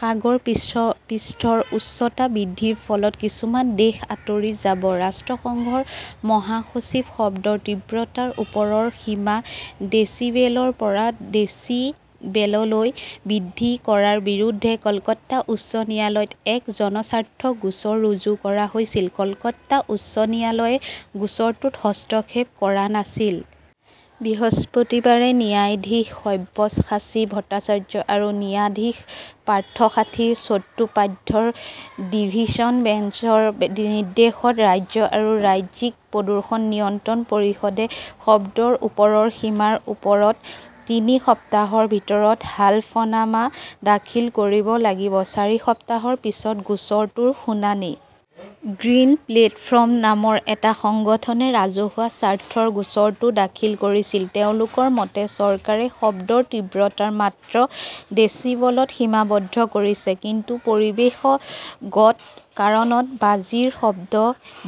সাগৰ পৃষ্ঠৰ উচ্চতা বৃদ্ধিৰ ফলত কিছুমান দেশ আঁতৰি যাবঃ ৰাষ্ট্ৰসংঘৰ মহাসচিব শব্দৰ তীব্ৰতাৰ ওপৰৰ সীমা ডেছিবেলৰ পৰা ডেছিবেললৈ বৃদ্ধি কৰাৰ বিৰুদ্ধে কলকাতা উচ্চ ন্যায়ালয়ত এক জনস্বাৰ্থ গোচৰ ৰুজু কৰা হৈছিল। কলকাতা উচ্চ ন্যায়ালয়ে গোচৰটোত হস্তক্ষেপ কৰা নাছিল। বৃহস্পতিবাৰে ন্যায়াধীশ সব্যসাচী ভট্টাচাৰ্য আৰু ন্যায়াধীশ পাৰ্থসাৰ্থী চট্টোপাধ্যায়ৰ ডিভিছন বেঞ্চৰ নিৰ্দেশত ৰাজ্য আৰু ৰাজ্যিক প্ৰদূষণ নিয়ন্ত্ৰণ পৰিষদে শব্দৰ ওপৰৰ সীমাৰ ওপৰত তিনি সপ্তাহৰ ভিতৰত হলফনামা দাখিল কৰিব লাগিব। চাৰি সপ্তাহৰ পিছত গোচৰটোৰ শুনানি। 'গ্ৰীণ প্লেটফৰ্ম "নামৰ এটা সংগঠনে ৰাজহুৱা স্বাৰ্থৰ গোচৰটো দাখিল কৰিছিল। তেওঁলোকৰ মতে, চৰকাৰে শব্দৰ তীব্ৰতাৰ মাত্ৰা ডেছিবলত সীমাবদ্ধ কৰিছে। কিন্তু পৰিৱেশগত কাৰণত বাজিৰ শব্দ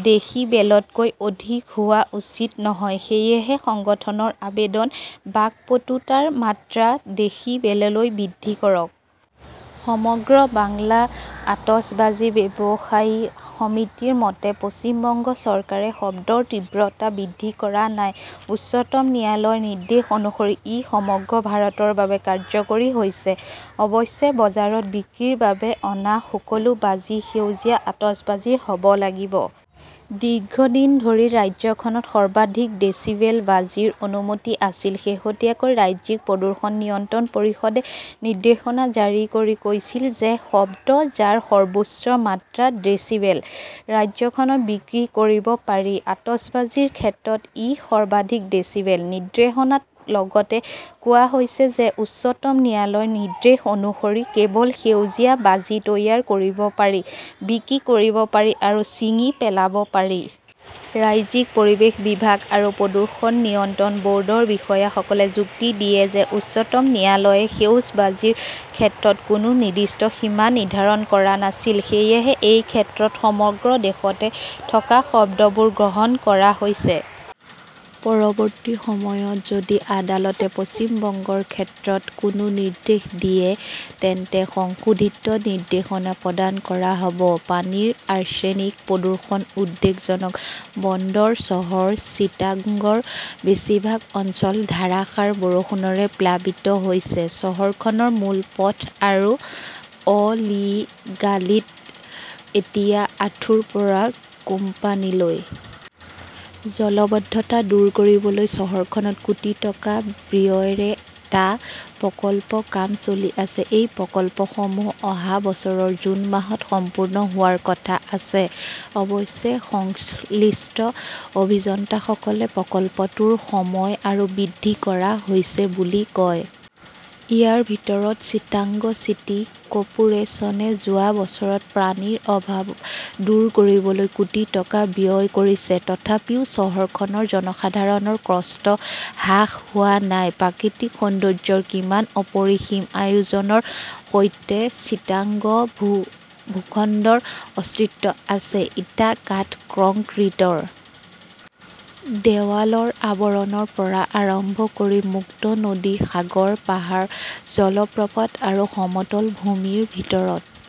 ডেসিবেলতকৈ অধিক হোৱা উচিত নহয়। সেয়েহে সংগঠনৰ আবেদন, বাকপটুতাৰ মাত্ৰা ডেসিবেললৈ বৃদ্ধি কৰক। সমগ্ৰ বাংলা আতচবাজী ব্যৱসায়ী সমিতিৰ মতে, পশ্চিম বংগ চৰকাৰে শব্দৰ তীব্ৰতা বৃদ্ধি কৰা নাই। উচ্চতম ন্যায়ালয়ৰ নিৰ্দেশ অনুসৰি ই সমগ্ৰ ভাৰতৰ বাবে কাৰ্যকৰী হৈছে। অৱশ্যে, বজাৰত বিক্ৰীৰ বাবে অনা সকলো বাজি সেউজীয়া আতচবাজী হ 'ব লাগিব। দীৰ্ঘদিন ধৰি ৰাজ্যখনত সৰ্বাধিক ডেচিবেল বাজিৰ অনুমতি আছিল। শেহতীয়াকৈ ৰাজ্যিক প্ৰদূষণ নিয়ন্ত্ৰণ পৰিষদে নিৰ্দেশনা জাৰি কৰি কৈছিল যে শব্দ, যাৰ সৰ্বোচ্চ মাত্ৰা ডেছিবেল, ৰাজ্যখনত বিক্ৰী কৰিব পাৰি। আতচবাজীৰ ক্ষেত্ৰত ই সৰ্বাধিক ডেচিবেল। নিৰ্দেশনাত লগতে কোৱা হৈছে যে উচ্চতম ন্যায়ালয়ৰ নিৰ্দেশ অনুসৰি কেৱল সেউজীয়া বাজি তৈয়াৰ কৰিব পাৰি, বিক্ৰী কৰিব পাৰি আৰু ছিঙি পেলাব পাৰি। ৰাজ্যিক পৰিৱেশ বিভাগ আৰু প্ৰদূষণ নিয়ন্ত্ৰণ ব "ৰ্ডৰ বিষয়াসকলে যুক্তি দিয়ে যে উচ্চতম ন্যায়ালয়ে সেউজ বাজিৰ ক্ষেত্ৰত কোনো নিৰ্দিষ্ট সীমা নিৰ্ধাৰণ কৰা নাছিল। সেয়েহে এই ক্ষেত্ৰত সমগ্ৰ দেশতে থকা শব্দবোৰ গ্ৰহণ কৰা হৈছে। পৰৱৰ্তী সময়ত যদি আদালতে পশ্চিম বংগৰ ক্ষেত্ৰত কোনো নিৰ্দেশ দিয়ে, তেন্তে সংশোধিত নিৰ্দেশনা প্ৰদান কৰা হ 'ব। পানীৰ আৰ্ছেনিক প্ৰদূষণ উদ্বেগজনক বন্দৰ চহৰ চিটাগংৰ বেছিভাগ অঞ্চল ধাৰাসাৰ বৰষুণেৰে প্লাবিত হৈছে। চহৰখনৰ মূল পথ আৰু অ 'লিগালিত এতিয়া আঁঠুৰ পৰা কোৰ্পানীলৈ। জলাবদ্ধতা দূৰ কৰিবলৈ চহৰখনত কোটি টকা ব্যয়েৰে টা প্ৰকল্পৰ কাম চলি আছে। এই প্ৰকল্পসমূহ অহা বছৰৰ জুন মাহত সম্পূৰ্ণ হোৱাৰ কথা আছে। অৱশ্যে, সংশ্লিষ্ট অভিযন্তাসকলে প্ৰকল্পটোৰ সময় আৰু বৃদ্ধি কৰা হৈছে বুলি কয়। ইয়াৰ ভিতৰত চিটাগং চিটি কৰ্পোৰেচনে যোৱা বছৰত পানীৰ অভাৱ দূৰ কৰিবলৈ কোটি টকা ব্যয় কৰিছে। তথাপিও চহৰখনৰ জনসাধাৰণৰ কষ্ট হ্ৰাস হোৱা নাই। প্ৰাকৃতিক সৌন্দৰ্য্যৰ কিমান অপৰিসীম আয়োজনৰ সৈতে চিটাগং ভূখণ্ডৰ অস্তিত্ব আছে! ইটা-কাঠ-কংক্ৰিটৰ দেৱালৰ আৱৰণৰ পৰা আৰম্ভ কৰি মুক্ত নদী, সাগৰ, পাহাৰ, জলপ্ৰপাত আৰু সমতল ভূমিৰ ভিতৰত